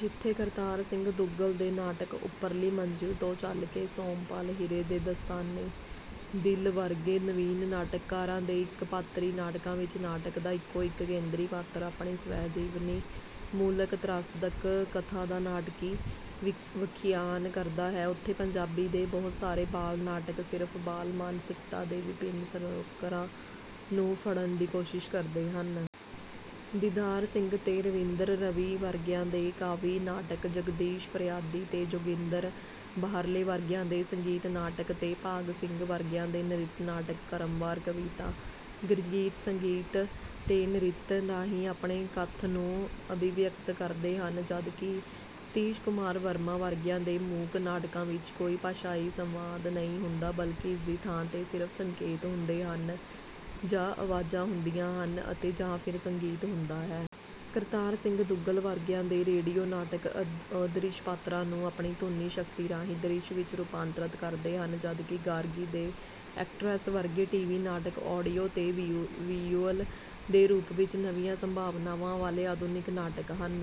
ਜਿੱਥੇ ਕਰਤਾਰ ਸਿੰਘ ਦੁੱਗਲ ਦੇ ਨਾਟਕ 'ਉੱਪਰਲੀ ਮੰਜਿਲ' ਤੋਂ ਚੱਲ ਕੇ ਸੋਮਪਾਲ ਹੀਰੇ ਦੇ 'ਦਾਸਤਾਨੇ ਦਿੱਲ' ਵਰਗੇ ਨਵੀਨ ਨਾਟਕਕਾਰਾਂ ਦੇ ਇਕ ਪਾਤਰੀ ਨਾਟਕਾਂ ਵਿਚ ਨਾਟਕ ਦਾ ਇਕੋ ਇਕ ਕੇਂਦਰੀ ਪਾਤਰ ਆਪਣੀ ਸਵੈਜੀਵਨੀ ਮੂਲਕ ਤ੍ਰਾਸਦਕ ਕਥਾ ਦਾ ਨਾਟਕੀ ਵਖਿਆਨ ਕਰਦਾ ਹੈ, ਉਥੇ ਪੰਜਾਬੀ ਦੇ ਬਹੁਤ ਸਾਰੇ ਬਾਲ ਨਾਟਕ ਸਿਰਫ਼ ਬਾਲ-ਮਾਨਸਿਕਤਾ ਦੇ ਵਿਭਿੰਨ ਸਰੋਕਾਰਾਂ ਨੂੰ ਫੜਨ੍ਹ ਦੀ ਕੋਸ਼ਿਸ਼ ਕਰਦੇ ਹਨ। ਦੀਦਾਰ ਸਿੰਘ ਤੇ ਰਵਿੰਦਰ ਰਵੀ ਵਰਗਿਆਂ ਦੇ ਕਾਵਿ ਨਾਟਕ, ਜਗਦੀਸ਼ ਫਰਿਆਦੀ ਤੇ ਜੋਗਿੰਦਰ ਬਾਹਰਲੇ ਵਰਗਿਆਂ ਦੇ ਸੰਗੀਤ ਨਾਟਕ ਤੇ ਭਾਗ ਸਿੰਘ ਵਰਗਿਆਂ ਦੇ ਨ੍ਰਿਤ ਨਾਟਕ ਕ੍ਰਮਵਾਰ ਕਵਿਤਾ, ਗੀਤ-ਸੰਗੀਤ ਤੇ ਨ੍ਰਿਤ ਰਾਹੀਂ ਆਪਣੇ ਕੱਥ ਨੂੰ ਅਭਿਵਿਅਕਤ ਕਰਦੇ ਹਨ ਜਦ ਕਿ ਸਤੀਸ਼ ਕੁਮਾਰ ਵਰਮਾ ਵਰਗਿਆਂ ਦੇ ਮੂਕ ਨਾਟਕਾਂ ਵਿਚ ਕੋਈ ਭਾਸ਼ਾਈ ਸੰਵਾਦ ਨਹੀਂ ਹੁੰਦਾ ਬਲਕਿ ਇਸ ਦੀ ਥਾਂ ਤੇ ਸਿਰਫ ਸੰਕੇਤ ਹੁੰਦੇ ਹਨ ਜਾਂ ਆਵਾਜ਼ਾਂ ਹੁੰਦੀਆਂ ਹਨ ਅਤੇ ਜਾਂ ਫਿਰ ਸੰਗੀਤ ਹੁੰਦਾ ਹੈ। ਕਰਤਾਰ ਸਿੰਘ ਦੁੱਗਲ ਵਰਗਿਆਂ ਦੇ ਰੇਡੀਓ ਨਾਟਕ ਅਦ੍ਰਿਸ਼ ਪਾਤਰਾਂ ਨੂੰ ਆਪਣੀ ਧੁਨੀ ਸ਼ਕਤੀ ਰਾਹੀਂ ਦ੍ਰਿਸ਼ ਵਿਚ ਰੁਪਾਂਤਰਤ ਕਰਦੇ ਹਨ ਜਦ ਕਿ ਗਾਰਗੀ ਦੇ ਐਕਟ੍ਰੈਸ ਵਰਗੇ ਟੀ. ਵੀ. ਨਾਟਕ ਆਡੀਓ ਤੇ ਵਿਯੂਅਲ ਦੇ ਰੂਪ ਵਿਚ ਨਵੀਆਂ ਸੰਭਾਵਨਾਵਾਂ ਵਾਲੇ ਆਧੁਨਿਕ ਨਾਟਕ ਹਨ।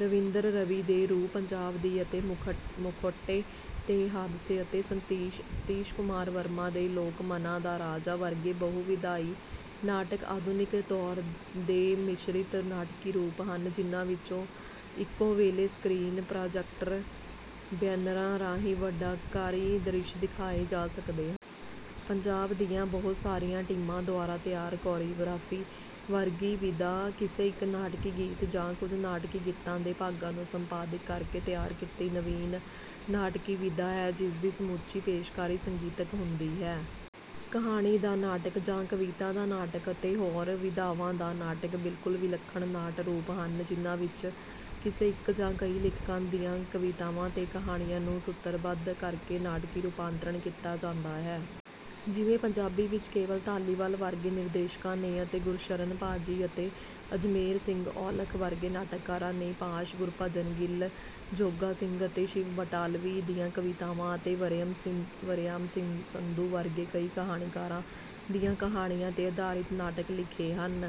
ਰਵਿੰਦਰ ਰਵੀ ਦੇ 'ਰੂਹ ਪੰਜਾਬ ਦੀ' ਅਤੇ ਮੁਖੌਟੇ ਤੇ ਹਾਦਸੇ' ਅਤੇ ਸਤੀਸ਼ ਕੁਮਾਰ ਵਰਮਾ ਦੇ 'ਲੋਕ ਮਨਾਂ ਦਾ ਰਾਜਾ' ਵਰਗੇ ਬਹੁ ਵਿਧਾਈ ਨਾਟਕ ਆਧੁਨਿਕ ਦੌਰ ਦੇ ਮਿਸ਼ਰਿਤ ਨਾਟਕੀ ਰੂਪ ਹਨ ਜਿੰਨ੍ਹਾਂ ਵਿਚ ਇੱਕੋ ਵੇਲੇ ਸਕਰੀਨ, ਪ੍ਰਾਜੈਕਟਰ, ਬੈਨਰਾਂ ਰਾਹੀਂ ਵੱਡਅਕਾਰੀ ਦ੍ਰਿਸ਼ ਦਿਖਾਏ ਜਾ ਸਕਦੇ ਹਨ। ਪੰਜਾਬ ਦੀਆਂ ਬਹੁਤ ਸਾਰੀਆਂ ਟੀਮਾਂ ਦੁਆਰਾ ਤਿਆਰ ਕੋਰੀਉਗ੍ਰਾਫੀ ਵਰਗੀ ਵਿਧਾ ਕਿਸੇ ਇਕ ਨਾਟਕੀ ਗੀਤ ਜਾਂ ਕੁਝ ਨਾਟਕੀ ਗੀਤਾਂ ਦੇ ਭਾਗਾਂ ਨੂੰ ਸੰਪਾਦਿਕ ਕਰਕੇ ਤਿਆਰ ਕੀਤੀ ਨਵੀਨ ਨਾਟਕੀ ਵਿਧਾ ਹੈ ਜਿਸਦੀ ਸਮੁੱਚੀ ਪੇਸ਼ਕਾਰੀ ਸੰਗੀਤਕ ਹੁੰਦੀ ਹੈ। 'ਕਹਾਣੀ ਦਾ ਨਾਟਕ' ਜਾਂ 'ਕਵਿਤਾ ਦਾ ਨਾਟਕ' ਅਤੇ 'ਹੋਰ ਵਿਧਾਵਾਂ ਦਾ ਨਾਟਕ' ਬਿਲਕੁਲ ਵਿਲੱਖਣ ਨਾਟ ਰੂਪ ਹਨ ਜਿੰਨ੍ਹਾਂ ਵਿਚ ਕਿਸੇ ਇਕ ਜਾਂ ਕਈ ਲੇਖਕਾਂ ਦੀਆਂ ਕਵਿਤਾਵਾਂ ਤੇ ਕਹਾਣੀਆਂ ਨੂੰ ਸੁਤਰਬੱਧ ਕਰਕੇ ਨਾਟਕੀ ਰੁਪਾਂਤਰਣ ਕੀਤਾ ਜਾਂਦਾ ਹੈ। ਜਿਵੇਂ ਪੰਜਾਬੀ ਵਿਚ ਕੇਵਲ ਧਾਲੀਵਾਲ ਵਰਗੇ ਨਿਰਦੇਸ਼ਕਾਂ ਨੇ ਅਤੇ ਗੁਰਸ਼ਰਨ ਭਾ ਜੀ ਅਤੇ ਅਜਮੇਰ ਸਿੰਘ ਔਲਖ ਵਰਗੇ ਨਾਟਕਕਾਰਾਂ ਨੇ ਪਾਸ਼, ਗੁਰਭਜਨ ਗਿਲ, ਜੋਗਾ ਸਿੰਘ ਅਤੇ ਸ਼ਿਵ ਬਟਾਲਵੀ ਦੀਆਂ ਕਵਿਤਾਵਾਂ ਅਤੇ ਵਰਿਆਮ ਸੰਧੂ ਵਰਗੇ ਕਈ ਕਹਾਣੀਕਾਰਾਂ ਦੀਆਂ ਕਹਾਣੀਆਂ ਤੇ ਆਧਾਰਿਤ ਨਾਟਕ ਲਿਖੇ ਹਨ।